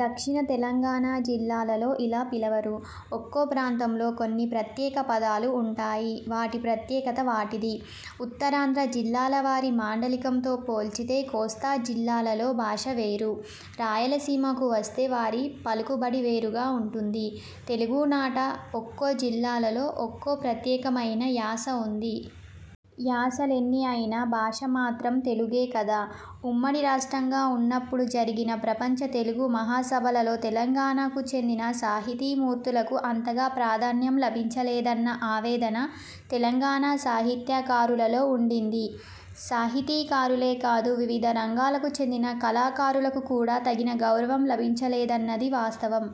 దక్షిణ తెలంగాణ జిల్లాలలో ఇలా పిలవరు. ఒక్కో ప్రాంతంలో కొన్ని ప్రత్యేక పదాలు ఉంటాయి. వాటి ప్రత్యేకత వాటిది! ఉత్తరాంధ్ర జిల్లాలవారి మాండలికంతో పోల్చితే కోస్తా జిల్లాలలో భాష వేరు! రాయలసీమకు వస్తే వారి పలుకుబడి వేరుగా ఉంటుంది. తెలుగునాట ఒక్కో జిల్లాలో ఒక్కో ప్రత్యేకమైన యాస ఉంది. యాసలెన్ని అయినా భాష మాత్రం తెలుగే కదా! ఉమ్మడి రాష్ట్రంగా ఉన్నప్పుడు జరిగిన ప్రపంచ తెలుగు మహాసభలలో తెలంగాణకు చెందిన సాహితీమూర్తులకు అంతగా ప్రాధాన్యం లభించలేదన్న ఆవేదన తెలంగాణ సాహిత్యకారులలో ఉండింది. సాహితీకారులే కాదు– వివిధ రంగాలకు చెందిన కళాకారులకు కూడా తగిన గౌరవం లభించలేదన్నది వాస్తవం!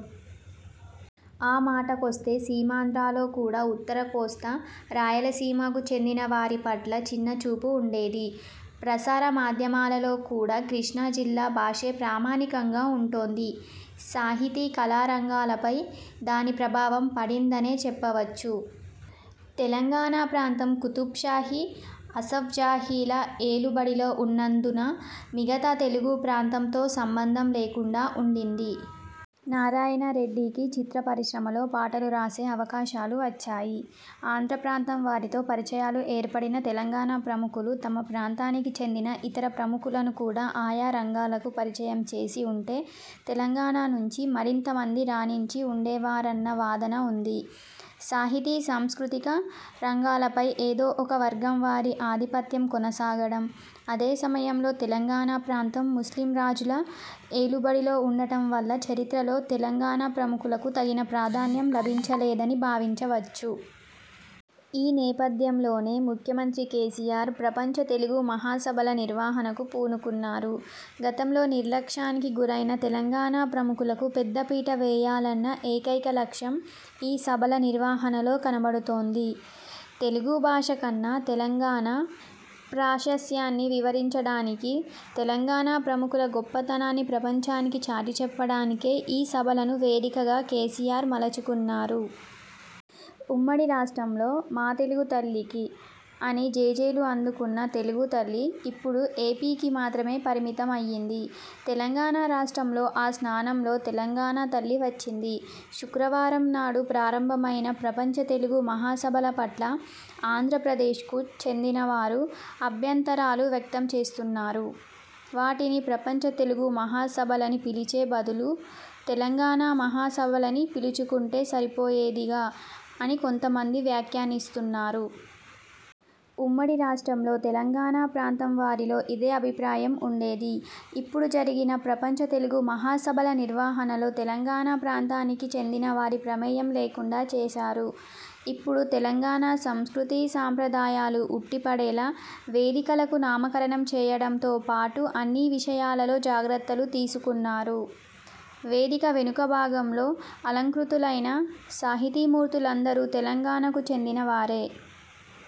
ఆ మాటకొస్తే సీమాంధ్రలో కూడా ఉత్తర కోస్తా, రాయలసీమకు చెందినవారి పట్ల చిన్నచూపు ఉండేది. ప్రసార మాధ్యమాలలో కూడా కృష్ణా జిల్లా భాషే ప్రామాణికంగా ఉంటోంది. సాహితీ, కళా రంగాలపై దాని ప్రభావం పడిందనే చెప్పవచ్చు. తెలంగాణ ప్రాంతం కుతుబ్షాహీ, అసఫ్జాహీల ఏలుబడిలో ఉన్నందున మిగతా తెలుగు ప్రాంతంతో సంబంధం లేకుండా ఉండింది. నారాయణరెడ్డికి చిత్ర పరిశ్రమలో పాటలు రాసే అవకాశాలు వచ్చాయి. ఆంధ్ర ప్రాంతంవారితో పరిచయాలు ఏర్పడిన తెలంగాణ ప్రముఖులు తమ ప్రాంతానికి చెందిన ఇతర ప్రముఖులను కూడా ఆయా రంగాలకు పరిచయం చేసి ఉంటే తెలంగాణ నుంచి మరింతమంది రాణించి ఉండేవారన్న వాదన ఉంది. సాహితీ, సాంస్కృతిక రంగాలపై ఏదో ఒక వర్గంవారి ఆధిపత్యం కొనసాగడం, అదే సమయంలో తెలంగాణ ప్రాంతం ముస్లిం రాజుల ఏలుబడిలో ఉండటం వల్ల చరిత్రలో తెలంగాణ ప్రముఖులకు తగిన ప్రాధాన్యం లభించలేదని భావించవచ్చు. ఈ నేపథ్యంలోనే ముఖ్యమంత్రి కేసీఆర్ ప్రపంచ తెలుగు మహాసభల నిర్వహణకు పూనుకున్నారు. గతంలో నిర్లక్ష్యానికి గురైన తెలంగాణ ప్రముఖులకు పెద్దపీట వేయాలన్న ఏకైక లక్ష్యం ఈ సభల నిర్వహణలో కనబడుతోంది. తెలుగు భాష కన్నా తెలంగాణ ప్రాశస్త్యాన్ని వివరించడానికి, తెలంగాణ ప్రముఖుల గొప్పదనాన్ని ప్రపంచానికి చాటిచెప్పడానికే ఈ సభలను వేదికగా కేసీఆర్ మలచుకున్నారు. ఉమ్మడి రాష్ట్రంలో 'మా తెలుగు తల్లికి' అని జేజేలు అందుకున్న తెలుగు తల్లి ఇప్పుడు ఏపీకి మాత్రమే పరిమితమయ్యింది. తెలంగాణ రాష్ట్రంలో ఆ స్థానంలో తెలంగాణ తల్లి వచ్చింది. శుక్రవారంనాడు ప్రారంభమైన ప్రపంచ తెలుగు మహాసభల పట్ల ఆంధ్రప్రదేశ్కు చెందినవారు అభ్యంతరాలు వ్యక్తంచేస్తున్నారు. వాటిని ప్రపంచ తెలుగు మహాసభలని పిలిచే బదులు తెలంగాణ మహాసభలని పిలుచుకుంటే సరిపోయేదిగా అని కొంతమంది వ్యాఖ్యానిస్తున్నారు. ఉమ్మడి రాష్ట్రంలో తెలంగాణ ప్రాంతంవారిలో ఇదే అభిప్రాయం ఉండేది. అప్పుడు జరిగిన ప్రపంచ తెలుగు మహాసభల నిర్వహణలో తెలంగాణ ప్రాంతానికి చెందినవారి ప్రమేయం లేకుండా చేశారు. ఇప్పుడు తెలంగాణ సంస్కృతీ, సంప్రదాయాలు ఉట్టిపడేలా వేదికలకు నామకరణం చేయడంతో పాటు అన్ని విషయాలలో। జాగ్రత్తలు తీసుకున్నారు. వేదిక వెనుక భాగంలో అలంకృతులైన సాహితీమూర్తులందరూ తెలంగాణకు చెందిన వారే!